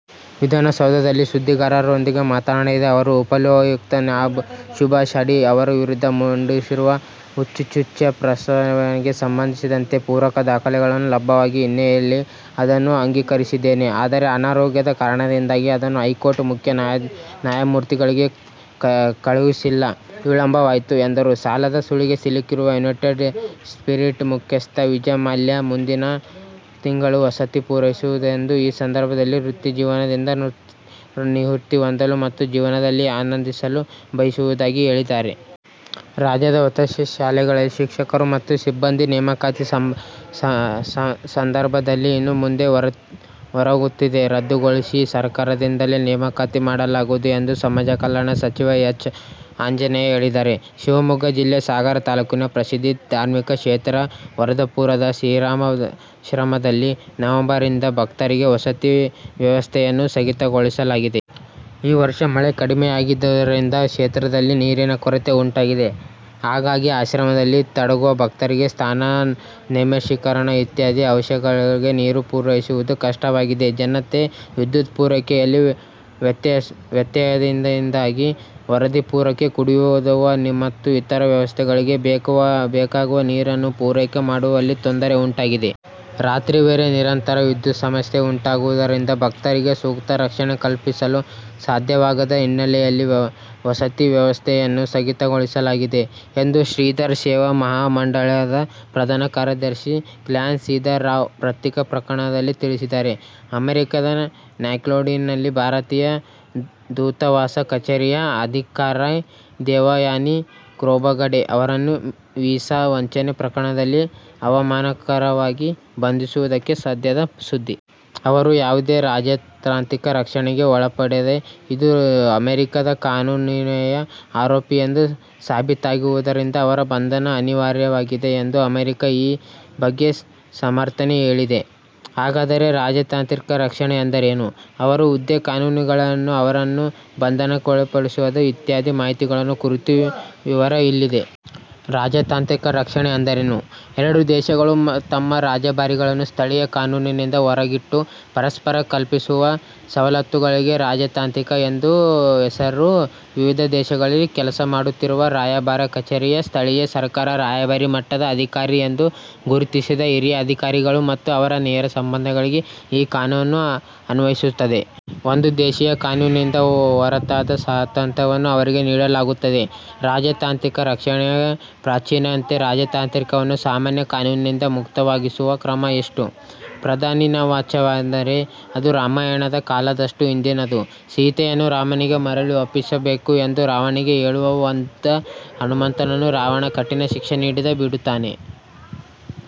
ವಿಧಾನಸೌಧದಲ್ಲಿ ಸುದ್ದಿಗಾರರೊಂದಿಗೆ ಮಾತನಾಡಿದ ಅವರು, ಉಪಲೋಕಾಯುಕ್ತ ನ್ಯಾ ಸುಭಾಷ್ ಅಡಿ ಅವರ ವಿರುದ್ಧ ಮಂಡಿಸಿರುವ ಹಕ್ಕುಚ್ಯುತಿ ಪ್ರಸ್ತಾವನೆಗೆ ಸಂಬಂಧಿಸಿದಂತೆ ಪೂರಕ ದಾಖಲೆಗಳು ಲಭ್ಯವಾದ ಹಿನ್ನೆಲೆಯಲ್ಲಿ ಅದನ್ನು ಅಂಗೀಕರಿಸಿದ್ದೇನೆ. ಆದರೆ, ಅನಾರೋಗ್ಯದ ಕಾರಣದಿಂದಾಗಿ ಅದನ್ನು ಹೈಕೋರ್ಟ್ ಮುಖ್ಯ ನ್ಯಾಯಮೂರ್ತಿಗಳಿಗೆ ಕಳುಹಿಸಲು ವಿಳಂಬವಾಯಿತು ಎಂದರು. ಸಾಲದ ಸುಳಿಗೆ ಸಿಲುಕಿರುವ ಯುನೈಟೆಡ್ ಸ್ಪಿರಿಟ್ಸ್ ಮುಖ್ಯಸ್ಥ ವಿಜಯ್ ಮಲ್ಯ ಮುಂದಿನ ತಿಂಗಳು ವಸಂತ ಪೂರೈಸುತ್ತಿದ್ದು, ಈ ಸಂದರ್ಭದಲ್ಲಿ ವೃತ್ತಿ ಜೀವನದಿಂದ ನಿವೃತ್ತಿ ಹೊಂದಲು ಮತ್ತು ಜೀವನವನ್ನು ಆನಂದಿಸಲು ಬಯಸಿರುವುದಾಗಿ ಹೇಳಿದ್ದಾರೆ. ರಾಜ್ಯದ ವಸತಿ ಶಾಲೆಗಳಿಗೆ ಶಿಕ್ಷಕರು ಮತ್ತು ಸಿಬ್ಬಂದಿ ನೇಮಕಾತಿ ಸಂದರ್ಭದಲ್ಲಿ ಇನ್ನು ಮುಂದೆ ಹೊರಗುತ್ತಿಗೆ ರದ್ದುಗೊಳಿಸಿ ಸರ್ಕಾರದಿಂದಲೇ ನೇಮಕಾತಿ ಮಾಡಲಾಗುವುದು ಎಂದು ಸಮಾಜ ಕಲ್ಯಾಣ ಸಚಿವ ಎಚ್. ಆಂಜನೇಯ ಹೇಳಿದ್ದಾರೆ. ಶಿವಮೊಗ್ಗ ಜಿಲ್ಲೆ ಸಾಗರ ತಾಲೂಕಿನ ಪ್ರಸಿದ್ಧ ಧಾರ್ಮಿಕ ಕ್ಷೇತ್ರ ವರದಪುರದ ಶ್ರೀಧರಾಶ್ರಮದಲ್ಲಿ ನವೆಂಬರ್ ರಿಂದ ಭಕ್ತರಿಗೆ ವಸತಿ ವ್ಯವಸ್ಥೆಯನ್ನು ಸ್ಥಗಿತಗೊಳಿಸಲಾಗಿದೆ. ಈ ವರ್ಷ ಮಳೆ ಕಡಿಮೆಯಾಗಿದ್ದರಿಂದ ಕ್ಷೇತ್ರದಲ್ಲಿ ನೀರಿನ ಕೊರತೆ ಉಂಟಾಗಿದೆ. ಹಾಗಾಗಿ, ಆಶ್ರಮದಲ್ಲಿ ತಂಗುವ ಭಕ್ತರಿಗೆ ಸ್ನಾನ, ನೈರ್ಮಲೀಕರಣ ಇತ್ಯಾದಿ ಅವಶ್ಯಕತೆಗಳಿಗೆ ನೀರು ಪೂರೈಸುವುದು ಕಷ್ಟವಾಗಿದೆ. ಜತೆಗೆ, ವಿದ್ಯುತ್ ಪೂರೈಕೆಯಲ್ಲಿನ ವ್ಯತ್ಯಯದಿಂದಾಗಿ ವರದಪುರಕ್ಕೆ ಕುಡಿಯುವ ಮತ್ತು ಇತರ ವ್ಯವಸ್ಥೆಗಳಿಗೆ ಬೇಕಾಗುವ ನೀರನ್ನು ಪೂರೈಕೆ ಮಾಡುವಲ್ಲಿ ತೊಂದರೆ ಉಂಟಾಗಿದೆ. ರಾತ್ರಿ ವೇಳೆ ನಿರಂತರ ವಿದ್ಯುತ್ ಸಮಸ್ಯೆ ಉಂಟಾಗುತ್ತಿರುವುದರಿಂದ ಭಕ್ತರಿಗೆ ಸೂಕ್ತ ರಕ್ಷಣೆ ಕಲ್ಪಿಸಲು ಸಾಧ್ಯವಾಗದ ಹಿನ್ನೆಲೆಯಲ್ಲಿ ವಸತಿ ವ್ಯವಸ್ಥೆಯನ್ನು ಸ್ಥಗಿತಗೊಳಿಸಲಾಗಿದೆ ಎಂದು ಶ್ರೀಧರ ಸೇವಾ ಮಹಾಮಂಡಲದ ಪ್ರಧಾನ ಕಾರ್ಯದರ್ಶಿ ಕಾನ್ಲ ಶ್ರೀಧರ ರಾವ್ ಪತ್ರಿಕಾ ಪ್ರಕಟಣೆಯಲ್ಲಿ ತಿಳಿಸಿದ್ದಾರೆ. ಅಮೆರಿಕದ ನ್ಯೂಯಾರ್ಕ್ನಲ್ಲಿನ ಭಾರತೀಯ ದೂತವಾಸ ಕಚೇರಿಯ ಅಧಿಕಾರಿ ದೇವಯಾನಿ ಖೋಬ್ರಗಡೆ ಅವರನ್ನು ವೀಸಾ ವಂಚನೆ ಪ್ರಕರಣದಲ್ಲಿ ಅವಮಾನಕರವಾಗಿ ಬಂಧಿಸುವುದು ಸದ್ಯದ ಸುದ್ದಿ. ಅವರು ಯಾವುದೇ ರಾಜತಾಂತ್ರಿಕ ರಕ್ಷಣೆಗೆ ಒಳಪಡದೇ ಇದ್ದು, ಅಮೆರಿಕದ ಕಾನೂನಿನ್ವಯ ಆರೋಪಿ ಎಂದು ಸಾಬೀತಾಗಿರುವುದರಿಂದ ಅವರ ಬಂಧನ ಅನಿವಾರ್ಯವಾಗಿದೆ ಎಂದು ಅಮೆರಿಕ ಈ ಬಗ್ಗೆ ಸಮರ್ಥನೆ ಹೇಳಿದೆ. ಹಾಗಾದರೆ ರಾಜತಾಂತ್ರಿಕ ರಕ್ಷಣೆ ಎಂದರೇನು? ಅವರ ಹುದ್ದೆ, ಕಾನೂನುಗಳೇನು? ಅವರನ್ನು ಬಂಧನಕ್ಕೊಳಪಡಿಸುವಂತಿಲ್ಲವೇ ಇತ್ಯಾದಿ ಮಾಹಿತಿಗಳ ಕುರಿತ ವಿವರ ಇಲ್ಲಿದೆ. ರಾಜತಾಂತ್ರಿಕ ರಕ್ಷಣೆ ಎಂದರೇನು? ಎರಡು ದೇಶಗಳು, ತಮ್ಮ ರಾಯಭಾರಿಗಳನ್ನು ಸ್ಥಳೀಯ ಕಾನೂನಿನಿಂದ ಹೊರಗಿಟ್ಟು, ಪರಸ್ಪರ ಕಲ್ಪಿಸಿರುವ ಸವಲತ್ತುಗಳಿಗೆ ರಾಜತಾಂತ್ರಿಕ ರಕ್ಷಣೆ ಎಂದು ಹೆಸರು. ವಿವಿಧ ದೇಶಗಳಲ್ಲಿ ಕೆಲಸ ಮಾಡುತ್ತಿರುವ ರಾಯಭಾರ ಕಚೇರಿಯ, ಸ್ಥಳೀಯ ಸರ್ಕಾರ ರಾಯಭಾರಿ ಮಟ್ಟದ ಅಧಿಕಾರಿ ಎಂದು ಗುರುತಿಸಿದ ಹಿರಿಯ ಅಧಿಕಾರಿಗಳು ಮತ್ತು ಅವರ ನೇರ ಸಂಬಂಧಿಗಳಿಗೆ ಈ ಕಾನೂನು ಅನ್ವಯಿಸುತ್ತದೆ. ಒಂದು ದೇಶೀಯ ಕಾನೂನಿಂದ ಹೊರತಾದ ಸ್ವಾತಂತ್ರ್ಯವನ್ನು ಅವರಿಗೆ ನೀಡಲಾಗುತ್ತದೆ. ರಾಜತಾಂತ್ರಿಕ ರಕ್ಷಣೆಯ ಪ್ರಾಚೀನತೆ ರಾಜತಾಂತ್ರಿಕರನ್ನು ಸಾಮಾನ್ಯ ಕಾನೂನಿನಿಂದ ಮುಕ್ತವಾಗಿರಿಸುವ ಕ್ರಮ ಎಷ್ಟು ಪ್ರಾಚೀನವಾದ್ದೆಂದರೆ ಅದು ರಾಮಾಯಣದ ಕಾಲದಷ್ಟು ಹಿಂದಿನದು. ಸೀತೆಯನ್ನು ರಾಮನಿಗೆ ಮರಳಿ ಒಪ್ಪಿಸಬೇಕು ಎಂದು ರಾವಣನಿಗೆ ಹೇಳಲು ಹೋದ ಹನುಮಮಂತನನ್ನು ರಾವಣ ಕಠಿಣ ಶಿಕ್ಷೆ ನೀಡದೆ ಬಿಡುತ್ತಾನೆ.